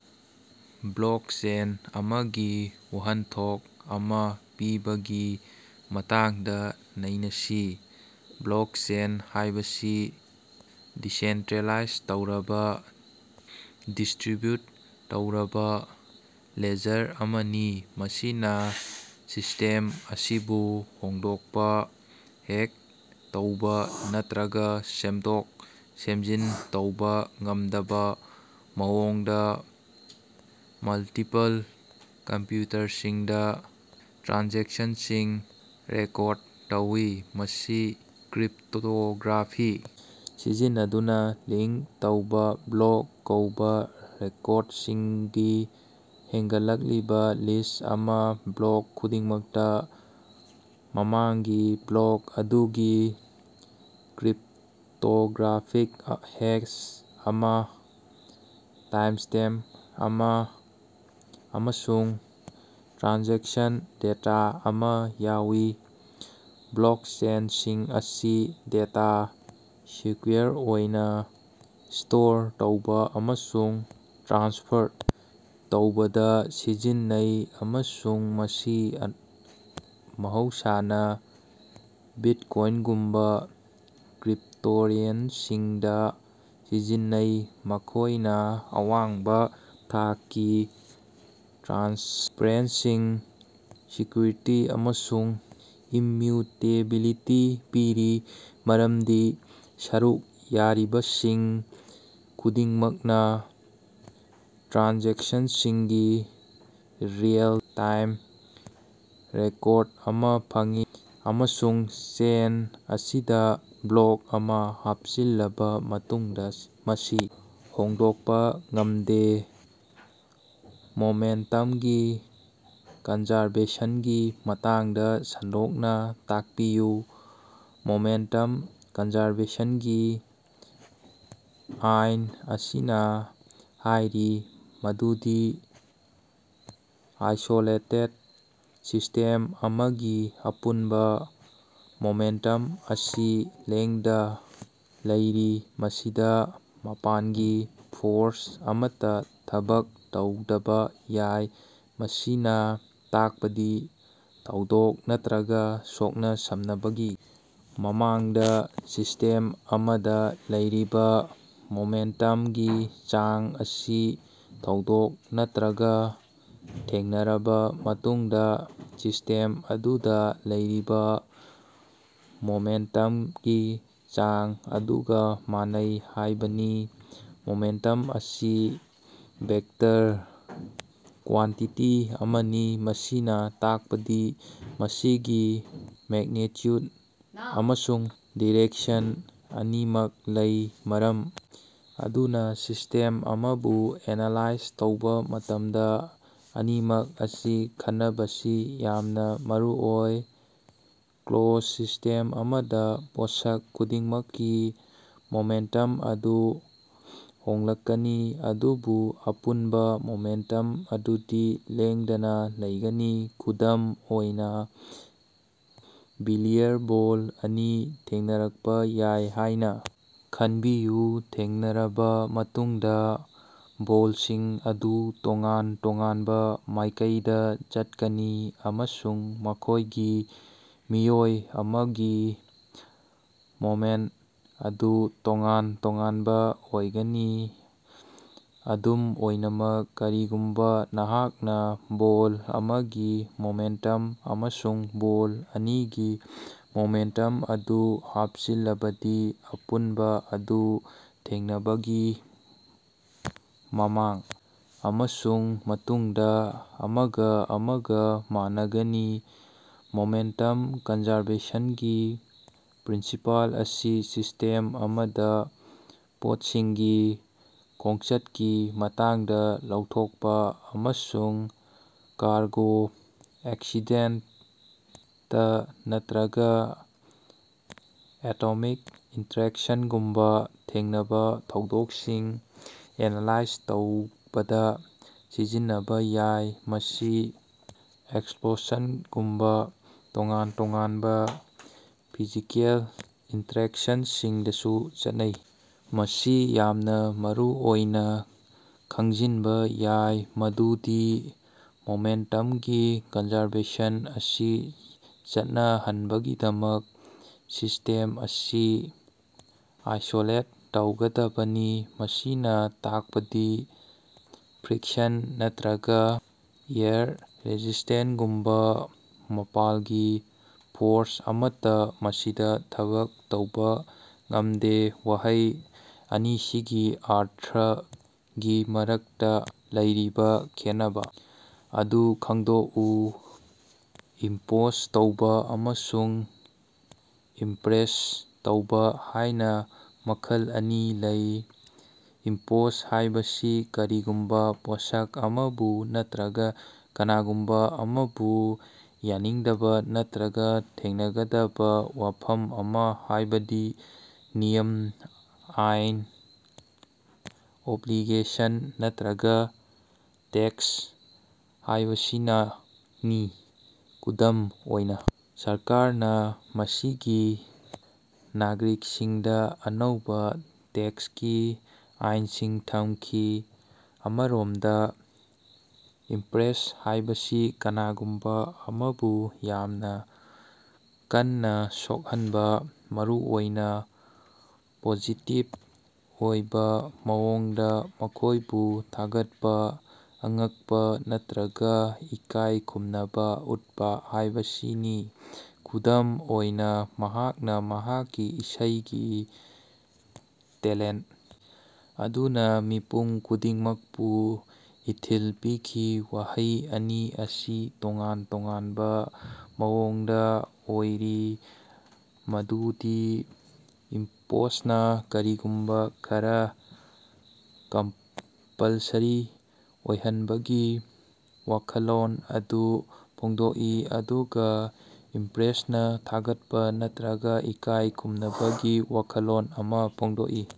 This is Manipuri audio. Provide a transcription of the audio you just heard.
ꯕ꯭ꯂꯣꯛꯆꯦꯟ ꯑꯃꯒꯤ ꯋꯥꯍꯟꯊꯣꯛ ꯑꯃꯥ ꯄꯤꯕꯥꯒꯤ ꯃꯇꯥꯡꯗ ꯅꯩꯅꯁꯤ꯫ ꯕ꯭ꯂꯣꯛꯆꯦꯟ ꯍꯥꯏꯕꯁꯤ ꯗꯤꯁꯦꯟꯇ꯭ꯔꯦꯂꯥꯏꯖ ꯇꯧꯔꯕꯥ, ꯗꯤꯁꯇ꯭ꯔꯤꯕ꯭ꯌꯨꯠ ꯇꯧꯔꯕꯥ ꯂꯦꯖꯔ ꯑꯃꯅꯤ, ꯃꯁꯤꯅꯥ ꯁꯤꯁꯇꯦꯝ ꯑꯁꯤꯕꯨ ꯍꯣꯡꯗꯣꯛꯄꯥ, ꯍꯦꯛ ꯇꯧꯕꯥ ꯅꯠꯇ꯭ꯔꯒꯥ ꯁꯦꯝꯗꯣꯛ-ꯁꯦꯝꯖꯤꯟ ꯇꯧꯕꯥ ꯉꯝꯗꯕꯥ ꯃꯑꯣꯡꯗꯥ ꯃꯜꯇꯤꯄꯜ ꯀꯝꯄ꯭ꯌꯨꯇꯔꯁꯤꯡꯗꯥ ꯇ꯭ꯔꯥꯟꯖꯦꯛꯁꯟꯁꯤꯡ ꯔꯦꯀꯣꯔꯗ ꯇꯧꯏ꯫ ꯃꯁꯤ ꯀ꯭ꯔꯤꯞꯇꯣꯒ꯭ꯔꯥꯐꯤ ꯁꯤꯖꯤꯟꯅꯗꯨꯅꯥ ꯂꯤꯡꯀ ꯇꯧꯕꯥ ꯕ꯭ꯂꯣꯛ ꯀꯧꯕꯥ ꯔꯦꯀꯣꯔꯗꯁꯤꯡꯒꯤ ꯍꯦꯟꯒꯠꯂꯛꯂꯤꯕꯥ ꯂꯤꯁ ꯑꯃꯅꯤ꯫ ꯕ꯭ꯂꯣꯛ ꯈꯨꯗꯤꯡꯃꯛꯇꯥ ꯃꯃꯥꯡꯒꯤ ꯕ꯭ꯂꯣꯛ ꯑꯗꯨꯒꯤ ꯀ꯭ꯔꯤꯞꯇꯣꯒ꯭ꯔꯥꯐꯤꯛ ꯍꯦꯁ ꯑꯃꯥ, ꯇꯥꯏꯝꯁ꯭ꯇꯦꯝ ꯑꯃꯥ ꯑꯃꯁꯨꯡ ꯇ꯭ꯔꯥꯟꯖꯦꯛꯁꯟ ꯗꯦꯇꯥ ꯑꯃꯥ ꯌꯥꯎꯏ꯫ ꯕ꯭ꯂꯣꯛꯆꯦꯟꯁꯤꯡ ꯑꯁꯤ ꯗꯦꯇꯥ ꯁꯦꯀ꯭ꯌꯨꯑꯣꯔ ꯑꯣꯏꯅꯥ ꯁ꯭ꯇꯣꯔ ꯇꯧꯕꯥ ꯑꯃꯁꯨꯡ ꯇ꯭ꯔꯥꯟꯁꯐꯔ ꯇꯧꯕꯗꯥ ꯁꯤꯖꯤꯟꯅꯩ ꯑꯃꯁꯨꯡ ꯃꯁꯤ ꯃꯍꯧꯁꯥꯅꯥ ꯕꯤꯠꯀꯣꯏꯟꯒꯨꯝꯕꯥ ꯀ꯭ꯔꯤꯞꯇꯣꯔꯦꯟꯁꯤꯡꯗ ꯁꯤꯖꯤꯟꯅꯩ꯫ ꯃꯈꯣꯏꯅꯥ ꯑꯋꯥꯡꯕꯥ ꯊꯥꯛꯀꯤ ꯇ꯭ꯔꯥꯟꯁꯄꯔꯦꯟꯁꯤ, ꯁꯦꯀ꯭ꯌꯨꯔꯤꯇꯤ ꯑꯃꯁꯨꯡ ꯏꯝꯃ꯭ꯌꯨꯇꯦꯕꯤꯂꯤꯇꯤ ꯄꯤꯔꯤ, ꯃꯔꯝꯗꯤ ꯁꯔꯨꯛ ꯌꯥꯔꯤꯕꯁꯤꯡ ꯈꯨꯗꯤꯡꯃꯛꯅꯥ ꯇ꯭ꯔꯥꯟꯖꯦꯛꯁꯟꯁꯤꯡꯒꯤ ꯔꯤꯑꯦꯜ-ꯇꯥꯏꯝ ꯔꯦꯀꯣꯔꯗ ꯑꯃꯥ ꯐꯪꯏ ꯑꯃꯁꯨꯡ ꯆꯦꯟ ꯑꯁꯤꯗꯥ ꯕ꯭ꯂꯣꯛ ꯑꯃꯥ ꯍꯥꯞꯆꯤꯜꯂꯕꯥ ꯃꯇꯨꯡꯗꯥ ꯃꯁꯤ ꯍꯣꯡꯗꯣꯛꯄꯥ ꯉꯝꯗꯦ꯫ ꯃꯣꯃꯦꯟꯇꯝꯒꯤ ꯀꯟꯖꯔꯕꯦꯁꯟꯒꯤ ꯃꯇꯥꯡꯗꯥ ꯁꯟꯗꯣꯛꯅꯥ ꯇꯥꯛꯄꯤꯌꯨ꯫ ꯃꯣꯃꯦꯟꯇꯝ ꯀꯟꯖꯔꯕꯦꯁꯟꯒꯤ ꯑꯥꯏꯟ ꯑꯁꯤꯅꯥ ꯍꯥꯏꯔꯤ ꯃꯗꯨꯗꯤ ꯑꯥꯏꯁꯣꯂꯦꯇꯦꯗ ꯁꯤꯁꯇꯦꯝ ꯑꯃꯒꯤ ꯑꯄꯨꯟꯕꯥ ꯃꯣꯃꯦꯟꯇꯝ ꯑꯁꯤ ꯂꯦꯡꯗ ꯂꯩꯔꯤ, ꯃꯁꯤꯗꯥ ꯃꯄꯥꯟꯒꯤ ꯐꯣꯔꯁ ꯑꯃꯠꯇꯥ ꯊꯕꯛ ꯇꯧꯗꯕꯥ ꯌꯥꯏ꯫ ꯃꯁꯤꯅꯥ ꯇꯥꯛꯄꯗꯤ ꯊꯧꯗꯣꯛ ꯅꯠꯇ꯭ꯔꯒꯥ ꯁꯣꯛꯅ-ꯁꯝꯅꯕꯒꯤ ꯃꯃꯥꯡꯗꯥ ꯁꯤꯁꯇꯦꯝ ꯑꯃꯗꯥ ꯂꯩꯔꯤꯕꯥ ꯃꯣꯃꯦꯟꯇꯝꯒꯤ ꯆꯥꯡ ꯑꯁꯤ ꯊꯧꯗꯣꯛ ꯅꯠꯇ꯭ꯔꯒꯥ ꯊꯦꯡꯅꯔꯕꯥ ꯃꯇꯨꯡꯗꯥ ꯁꯤꯁꯇꯦꯝ ꯑꯗꯨꯗꯥ ꯂꯩꯔꯤꯕꯥ ꯃꯣꯃꯦꯟꯇꯝꯒꯤ ꯆꯥꯡ ꯑꯗꯨꯒꯥ ꯃꯥꯟꯅꯩ ꯍꯥꯏꯕꯅꯤ꯫ ꯃꯣꯃꯦꯟꯇꯝ ꯑꯁꯤ ꯚꯦꯛꯇꯔ ꯀ꯭ꯋꯥꯟꯇꯤꯇꯤ ꯑꯃꯅꯤ, ꯃꯁꯤꯅꯥ ꯇꯥꯛꯄꯗꯤ ꯃꯁꯤꯒꯤ ꯃꯦꯛꯅꯤꯆ꯭ꯌꯨꯠ ꯑꯃꯁꯨꯡ ꯗꯤꯔꯦꯛꯁꯟ ꯑꯅꯤꯃꯛ ꯂꯩ, ꯃꯔꯝ ꯑꯗꯨꯅꯥ ꯁꯤꯁꯇꯦꯝ ꯑꯃꯕꯨ ꯑꯦꯅꯥꯂꯥꯏꯖ ꯇꯧꯕꯥ ꯃꯇꯝꯗꯥ ꯑꯅꯤꯃꯛ ꯑꯁꯤ ꯈꯟꯅꯕꯁꯤ ꯌꯥꯝꯅꯥ ꯃꯔꯨꯑꯣꯏ꯫ ꯀ꯭ꯂꯣꯖꯗ ꯁꯤꯁꯇꯦꯝ ꯑꯃꯗꯥ, ꯄꯣꯠꯁꯛ ꯈꯨꯗꯤꯡꯃꯛꯀꯤ ꯃꯣꯃꯦꯟꯇꯝ ꯑꯗꯨ ꯍꯣꯡꯂꯛꯀꯅꯤ, ꯑꯗꯨꯕꯨ ꯑꯄꯨꯟꯕꯥ ꯃꯣꯃꯦꯟꯇꯝ ꯑꯗꯨꯗꯤ ꯂꯦꯡꯗꯅꯥ ꯂꯩꯒꯅꯤ꯫ ꯈꯨꯗꯝ ꯑꯣꯏꯅꯥ, ꯕꯤꯂꯤꯌꯔ ꯕꯣꯜ ꯑꯅꯤ ꯊꯦꯡꯅꯔꯛꯄꯥ ꯌꯥꯏ ꯍꯥꯏꯅꯥ ꯈꯟꯕꯤꯌꯨ꯫ ꯊꯦꯡꯅꯔꯕꯥ ꯃꯇꯨꯡꯗꯥ, ꯕꯣꯜꯁꯤꯡ ꯑꯗꯨ ꯇꯣꯉꯥꯟ-ꯇꯣꯉꯥꯟꯕ ꯃꯥꯏꯀꯩꯗꯥ ꯆꯠꯀꯅꯤ ꯑꯃꯁꯨꯡ ꯃꯈꯣꯏꯒꯤ ꯃꯤꯑꯣꯏ ꯑꯃꯒꯤ ꯃꯣꯃꯦꯟꯇ ꯑꯗꯨ ꯇꯣꯉꯥꯟ-ꯇꯣꯉꯥꯟꯕ ꯑꯣꯏꯒꯅꯤ꯫ ꯑꯗꯨꯝ ꯑꯣꯏꯅꯃꯛ, ꯀꯔꯤꯒꯨꯝꯕꯥ ꯅꯍꯥꯛꯅꯥ ꯕꯣꯜ ꯑꯃꯒꯤ ꯃꯣꯃꯦꯟꯇꯝ ꯑꯃꯁꯨꯡ ꯕꯣꯜ ꯑꯅꯤꯒꯤ ꯃꯣꯃꯦꯟꯇꯝ ꯑꯗꯨ ꯍꯥꯞꯆꯤꯜꯂꯕꯗꯤ, ꯑꯄꯨꯟꯕꯥ ꯑꯗꯨ ꯊꯦꯡꯅꯕꯒꯤ ꯃꯃꯥꯡ ꯑꯃꯁꯨꯡ ꯃꯇꯨꯡꯗꯥ ꯑꯃꯒꯥ ꯑꯃꯒꯥ ꯃꯥꯟꯅꯒꯅꯤ꯫ ꯃꯣꯃꯦꯟꯇꯝ ꯀꯟꯖꯔꯕꯦꯁꯟꯒꯤ ꯄ꯭ꯔꯤꯟꯁꯤꯄꯜ ꯑꯁꯤ ꯁꯤꯁꯇꯦꯝ ꯑꯃꯗꯥ ꯄꯣꯠꯁꯤꯡꯒꯤ ꯈꯣꯡꯆꯠꯀꯤ ꯃꯇꯥꯡꯗꯥ ꯂꯥꯎꯊꯣꯛꯄꯥ ꯑꯃꯁꯨꯡ ꯀꯥꯔꯒꯣ ꯑꯦꯛꯁꯤꯗꯦꯟꯇ ꯅꯠꯇ꯭ꯔꯒꯥ ꯑꯦꯇꯣꯃꯤꯛ ꯏꯟꯇꯔꯦꯛꯁꯟꯒꯨꯝꯕꯥ ꯊꯦꯡꯅꯕꯥ ꯊꯧꯗꯣꯛꯁꯤꯡ ꯑꯦꯅꯥꯂꯥꯏꯖ ꯇꯧꯕꯗꯥ ꯁꯤꯖꯤꯟꯅꯕꯥ ꯌꯥꯏ꯫ ꯃꯁꯤ ꯑꯦꯛꯁꯄ꯭ꯂꯣꯁꯟꯒꯨꯝꯕꯥ ꯇꯣꯉꯥꯟ-ꯇꯣꯉꯥꯟꯕꯥ ꯐꯤꯖꯤꯀꯦꯜ ꯏꯟꯇꯔꯦꯛꯁꯟꯁꯤꯡꯗꯁꯨ ꯆꯠꯅꯩ꯫ ꯃꯁꯤ ꯌꯥꯝꯅꯥ ꯃꯔꯨꯑꯣꯏꯅꯥ ꯈꯪꯖꯤꯟꯕꯥ ꯌꯥꯏ ꯃꯗꯨꯗꯤ ꯃꯣꯃꯦꯟꯇꯝꯒꯤ ꯀꯟꯖꯔꯕꯦꯁꯟ ꯑꯁꯤ ꯆꯠꯅꯍꯟꯅꯕꯒꯤꯗꯃꯛ, ꯁꯤꯁꯇꯦꯝ ꯑꯁꯤ ꯑꯥꯏꯁꯣꯂꯦꯠ ꯇꯧꯒꯗꯕꯅꯤ, ꯃꯁꯤꯅꯥ ꯇꯥꯛꯄꯗꯤ ꯐ꯭ꯔꯤꯛꯁꯟ ꯅꯠꯇ꯭ꯔꯒꯥ ꯑꯦꯌꯔ ꯔꯦꯁꯤꯁꯇꯦꯟꯁꯒꯨꯝꯕꯥ ꯃꯄꯥꯟꯒꯤ ꯐꯣꯔꯁ ꯑꯃꯠꯇꯥ ꯃꯁꯤꯗꯥ ꯊꯕꯛ ꯇꯧꯕꯥ ꯉꯝꯗꯦ꯫ ꯋꯥꯍꯩ ꯑꯅꯤꯁꯤꯒꯤ ꯑꯔꯊꯒꯤ ꯃꯔꯛꯇꯥ ꯂꯩꯔꯤꯕꯥ ꯈꯦꯟꯅꯕꯥ ꯑꯗꯨ ꯈꯪꯗꯣꯛꯎ꯫ ꯏꯝꯄꯣꯖ ꯇꯧꯕꯥ ꯑꯃꯁꯨꯡ ꯏꯝꯄ꯭ꯔꯦꯁ ꯇꯧꯕꯥ ꯍꯥꯏꯅ ꯃꯈꯜ ꯑꯅꯤ ꯂꯩ꯫ ꯏꯝꯄꯣꯖ ꯍꯥꯏꯕꯁꯤ ꯀꯔꯤꯒꯨꯝꯕꯥ ꯄꯣꯠꯁꯛ ꯑꯃꯕꯨ ꯅꯠꯇ꯭ꯔꯒꯥ ꯀꯅꯥꯒꯨꯝꯕꯥ ꯑꯃꯕꯨ ꯌꯥꯅꯤꯡꯗꯕꯥ ꯅꯠꯇ꯭ꯔꯒꯥ ꯊꯦꯡꯅꯒꯗꯕꯥ ꯋꯥꯐꯝ ꯑꯃꯥ, ꯍꯥꯏꯕꯗꯤ ꯅꯤꯌꯝ, ꯑꯥꯏꯟ, ꯑꯣꯕ꯭ꯂꯤꯒꯦꯁꯟ ꯅꯠꯇ꯭ꯔꯒꯥ ꯇꯦꯛꯁ ꯍꯥꯏꯕꯁꯤꯅꯤ꯫ ꯈꯨꯗꯝ ꯑꯣꯏꯅꯥ, ꯁꯔꯀꯥꯔꯅꯥ ꯃꯁꯤꯒꯤ ꯅꯥꯒꯔꯤꯛꯁꯤꯡꯗꯥ ꯑꯅꯧꯕꯥ ꯇꯦꯛꯁꯀꯤ ꯑꯥꯏꯟꯁꯤꯡ ꯊꯝꯈꯤ꯫ ꯑꯃꯔꯣꯝꯗꯥ, ꯏꯝꯄ꯭ꯔꯦꯁ ꯍꯥꯏꯕꯁꯤ ꯀꯅꯥꯒꯨꯝꯕꯥ ꯑꯃꯕꯨ ꯌꯥꯝꯅꯥ ꯀꯟꯅꯥ ꯁꯣꯛꯍꯟꯕꯥ, ꯃꯔꯨꯑꯣꯏꯅꯥ ꯄꯣꯖꯤꯇꯤꯚ ꯑꯣꯏꯕꯥ ꯃꯑꯣꯡꯗꯥ, ꯃꯈꯣꯏꯕꯨ ꯊꯥꯒꯠꯄꯥ, ꯑꯉꯛꯄꯥ ꯅꯠꯇ꯭ꯔꯒꯥ ꯏꯀꯥꯏ ꯈꯨꯝꯅꯕꯥ ꯎꯠꯄꯥ ꯍꯥꯏꯕꯁꯤꯅꯤ꯫ ꯈꯨꯗꯝ ꯑꯣꯏꯅꯥ, ꯃꯍꯥꯛꯅꯥ ꯃꯍꯥꯛꯀꯤ ꯏꯁꯩꯒꯤ ꯇꯦꯂꯦꯟꯇ ꯑꯗꯨꯅꯥ ꯃꯤꯄꯨꯝ ꯈꯨꯗꯤꯡꯃꯛꯄꯨ ꯏꯊꯤꯜ ꯄꯤꯈꯤ꯫ ꯋꯥꯍꯩ ꯑꯅꯤ ꯑꯁꯤ ꯇꯣꯉꯥꯟ ꯇꯣꯉꯥꯟꯕ ꯃꯑꯣꯡꯗꯥ ꯑꯣꯏꯔꯤ ꯃꯗꯨꯗꯤ ꯏꯝꯄꯣꯖꯅꯥ ꯀꯔꯤꯒꯨꯝꯕꯥ ꯈꯔꯥ ꯀꯝꯄꯜꯁꯔꯤ ꯑꯣꯏꯍꯟꯕꯒꯤ ꯋꯥꯈꯜꯂꯣꯟ ꯑꯗꯨ ꯐꯣꯡꯗꯣꯛꯏ ꯑꯗꯨꯒꯥ ꯏꯝꯄ꯭ꯔꯦꯁꯅꯥ ꯊꯥꯒꯠꯄꯥ ꯅꯠꯇ꯭ꯔꯒꯥ ꯏꯀꯥꯏ ꯈꯨꯝꯅꯕꯒꯤ ꯋꯥꯈꯜꯂꯣꯟ ꯑꯃꯥ ꯐꯣꯡꯗꯣꯛꯏ꯫